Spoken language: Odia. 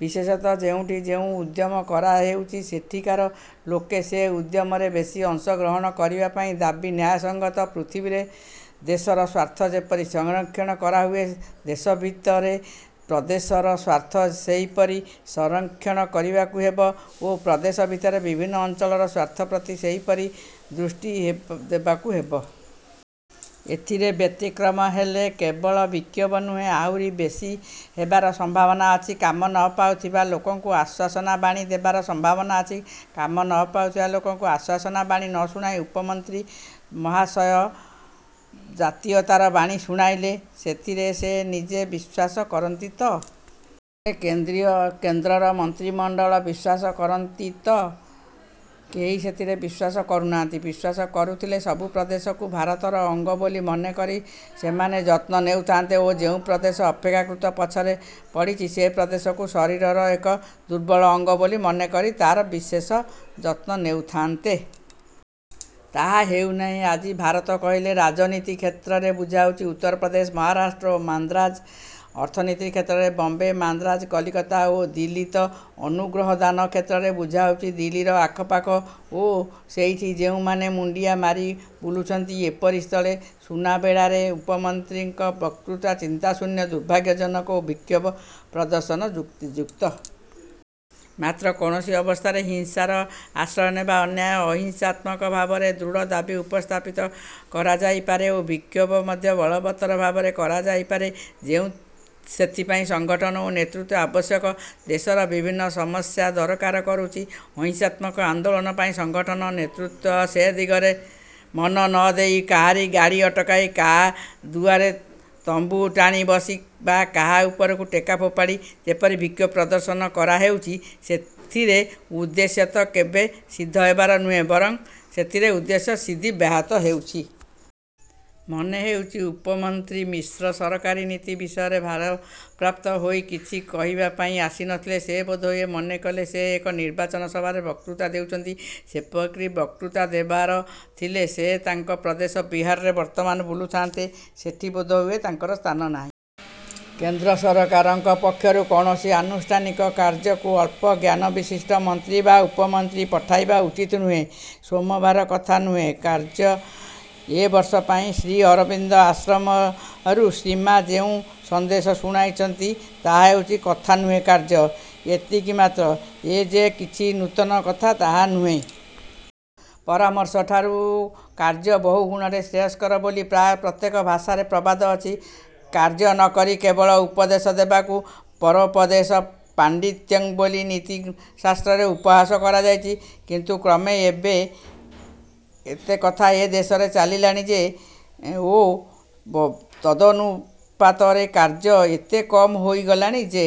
ବିଶେଷତଃ ଯେଉଁଠି ଯେଉଁ ଉଦ୍ୟମ କରା ହେଉଛି ସେଠିକାର ଲୋକେ ସେ ଉଦ୍ୟମରେ ବେଶି ଅଂଶ ଗ୍ରହଣ କରିବାପାଇଁ ଦାବି ନ୍ୟାୟସଙ୍ଗତ। ପୃଥିବୀରେ ଦେଶର ସ୍ୱାର୍ଥ ଯେପରି ସଂରକ୍ଷଣ କରାହୁଏ, ଦେଶ ଭିତରେ ପ୍ରଦେଶର ସ୍ୱାର୍ଥ ସେହିପରି ସଂରକ୍ଷଣ କରିବାକୁ ହେବ ଓ ପ୍ରଦେଶ ଭିତରେ ବିଭିନ୍ନ ଅଞ୍ଚଳର ସ୍ୱାର୍ଥ ପ୍ରତି ସେହିପରି ଦୃଷ୍ଟି ଦେବାକୁ ହେବ। ଏଥିରେ ବ୍ୟତିକ୍ରମ ହେଲେ କେବଳ ବିକ୍ଷୋଭ ନୁହେଁ, ଆହୁରି ବେଶି ହେବାର ସମ୍ଭାବନା ଅଛି। କାମ ନ ପାଉଥିବା ଲୋକଙ୍କୁ ଆଶ୍ୱାସନା ବାଣୀ ହେବାର ସମ୍ଭାବନା ଅଛି। କାମ ନ ପାଉଥିବା ଲୋକଙ୍କୁ ଆଶ୍ୱାସନା ବାଣୀ ନ ଶୁଣାଇ ଉପମନ୍ତ୍ରୀ ମହାଶୟ ଜାତୀୟତାର ବାଣୀ ଶୁଣାଇଲେ, ସେଥିରେ ସେ ନିଜେ ବିଶ୍ୱାସ କରନ୍ତି ତ? ସେଥିରେ କେନ୍ଦ୍ରର ମନ୍ତ୍ରୀମଣ୍ଡଳ ବିଶ୍ୱାସ କରନ୍ତି ତ? କେହି ସେଥିରେ ବିଶ୍ୱାସ କରୁନାହାନ୍ତି। ବିଶ୍ୱାସ କରୁଥିଲେ ସବୁ ପ୍ରଦେଶକୁ ଭାରତର ଅଙ୍ଗ ବୋଲି ମନେ କରି ସେମାନେ ଯତ୍ନ ନେଉଥାନ୍ତେ ଓ ଯେଉଁ ପ୍ରଦେଶ ଅପେକ୍ଷାକୃତ ପଛରେ ପଡ଼ିଛି, ସେ ପ୍ରଦେଶକୁ ଶରୀରର ଏକ ଦୁର୍ବଳ ଅଙ୍ଗ ବୋଲି ମନେକରି ତା'ର ବିଶେଷ ଯତ୍ନ ନେଉଥାନ୍ତେ। ତାହା ହେଉନାହିଁ। ଆଜି ଭାରତ କହିଲେ ରାଜନୀତି କ୍ଷେତ୍ରରେ ବୁଝାଉଛି ଉତ୍ତର ପ୍ରଦେଶ, ମହାରାଷ୍ଟ୍ର ଓ ମାନ୍ଦ୍ରାଜ; ଅର୍ଥନୀତି କ୍ଷେତ୍ରରେ ବମ୍ବେ, ମାନ୍ଦ୍ରାଜ, କଲିକତା ଓ ଦିଲ୍ଲୀ ତ ଅନୁଗ୍ରହଦାନ କ୍ଷେତ୍ରରେ ବୁଝାଉଛି ଦିଲ୍ଲୀର ଆଖପାଖ ଓ ସେଇଠି ଯେଉଁମାନେ ମୁଣ୍ଡିଆ ମାରି ବୁଲୁଛନ୍ତି। ଏପରି ସ୍ଥଳେ ସୁନାବେଡ଼ାରେ ଉପମନ୍ତ୍ରୀଙ୍କ ବକ୍ତୃତା ଚିନ୍ତାଶୂନ୍ୟ, ଦୁର୍ଭାଗ୍ୟଜନକ ଓ ବିକ୍ଷୋଭ ପ୍ରଦର୍ଶନ ଯୁକ୍ତିଯୁକ୍ତ। ମାତ୍ର କୌଣସି ଅବସ୍ଥାରେ ହିଂସାର ଆଶ୍ରୟନେବା ଅନ୍ୟାୟ। ଅହିଂସାତ୍ମକ ଭାବରେ ଦୃଢ଼ ଦାବି ଉପସ୍ଥାପିତ କରାଯାଇପାରେ ଓ ବିକ୍ଷୋଭ ମଧ୍ୟ ବଳବତ୍ତର ଭାବରେ କରା ଯାଇପାରେ-। ସେଥିପାଇଁ ସଙ୍ଗଠନ ଓ ନେତୃତ୍ୱ ଆବଶ୍ୟକ। ଦେଶର ବିଭିନ୍ନ ସମସ୍ୟା ଦରକାର କରୁଛି-। ଅହିଂସାତ୍ମକ ଆନ୍ଦୋଳନ ପାଇଁ ସଙ୍ଗଠନ ନେତୃତ୍ୱ ସେ ଦିଗରେ ମନ ନ ଦେଇ କାହାର ଗାଡ଼ି ଅଟକାଇ, କାହା ଦୁଆରେ ତମ୍ବୁ ଟାଣି ବସି ବା କାହା ଉପରକୁ ଟେକା ଫୋପାଡ଼ି ଯେପରି ବିକ୍ଷୋଭ ପ୍ରଦର୍ଶନ କରାହେଉଛି, ସେଥିରେ ଉଦ୍ଦେଶ୍ୟ ତ କେବେ ସିଦ୍ଧ ହେବାର ନୁହେଁ, ବରଂ ସେଥିରେ ଉଦ୍ଦେଶ୍ୟ ସିଦ୍ଧି ବ୍ୟାହତ ହେଉଛି। ମନେ ହେଉଛି ଉପମନ୍ତ୍ରୀ ମିଶ୍ର ସରକାରୀ ନୀତି ବିଷୟରେ ଭାରପ୍ରାପ୍ତ ହୋଇ କିଛି କହିବାପାଇଁ ଆସି ନଥିଲେ। ସେ ବୋଧହୁଏ ମନେକଲେ, ସେ ଏକ ନିର୍ବାଚନ ସଭାରେ ବକ୍ତୃତା ଦେଉଛନ୍ତି। ସେପରି ବକ୍ତୃତା ଦେବାର ଥିଲେ ସେ ତାଙ୍କ ପ୍ରଦେଶ ବିହାରରେ ବର୍ତ୍ତମାନ ବୁଲୁଥାନ୍ତେ-। ସେଠି ବୋଧହୁଏ ତାଙ୍କର ସ୍ଥାନ ନାହିଁ। କେନ୍ଦ୍ର ସରକାରଙ୍କ ପକ୍ଷରୁ କୌଣସି ଆନୁଷ୍ଠାନିକ କାର୍ଯ୍ୟକୁ ଅଳ୍ପ ଜ୍ଞାନବିଶିଷ୍ଟ ମନ୍ତ୍ରୀ ବା ଉପମନ୍ତ୍ରୀ ପଠାଇବା ଉଚିତ ନୁହେଁ। ସୋମବାର କଥା ନୁହେଁ କାର୍ଯ୍ୟ ଏବର୍ଷ ପାଇଁ ଶ୍ରୀ ଅରବିନ୍ଦ ଆଶ୍ରମରୁ ଶ୍ରୀମା ଯେଉଁ ସନ୍ଦେଶ ଶୁଣାଇଛନ୍ତି ତାହା ହେଉଛି ''କଥା ନୁହେଁ, କାର୍ଯ୍ୟ। '' ଏତିକି ମାତ୍ର, ଏ ଯେ କିଛି ନୂତନ କଥା ତାହା ନୁହେଁ। ପରାମର୍ଶଠାରୁ କାର୍ଯ୍ୟ ବହୁ ଗୁଣରେ ଶ୍ରେୟସ୍କର ବୋଲି ପ୍ରାୟ ପ୍ରତ୍ୟେକ ଭାଷାରେ ପ୍ରବାଦ ଅଛି। କାର୍ଯ୍ୟ ନ କରି କେବଳ ଉପଦେଶ ଦେବାକୁ 'ପରୋପଦେଶେ ପାଣ୍ଡିତ୍ୟଂ' ବୋଲି ନୀତି ଶାସ୍ତ୍ରରେ ଉପହାସ କରାଯାଇଛି; କିନ୍ତୁ କ୍ରମେ ଏତେ କଥା ଏ ଦେଶରେ ଚାଲିଲାଣି ଯେ ଓ ତଦନୁପାତରେ କାର୍ଯ୍ୟ ଏତେ କମ ହୋଇଗଲାଣି ଯେ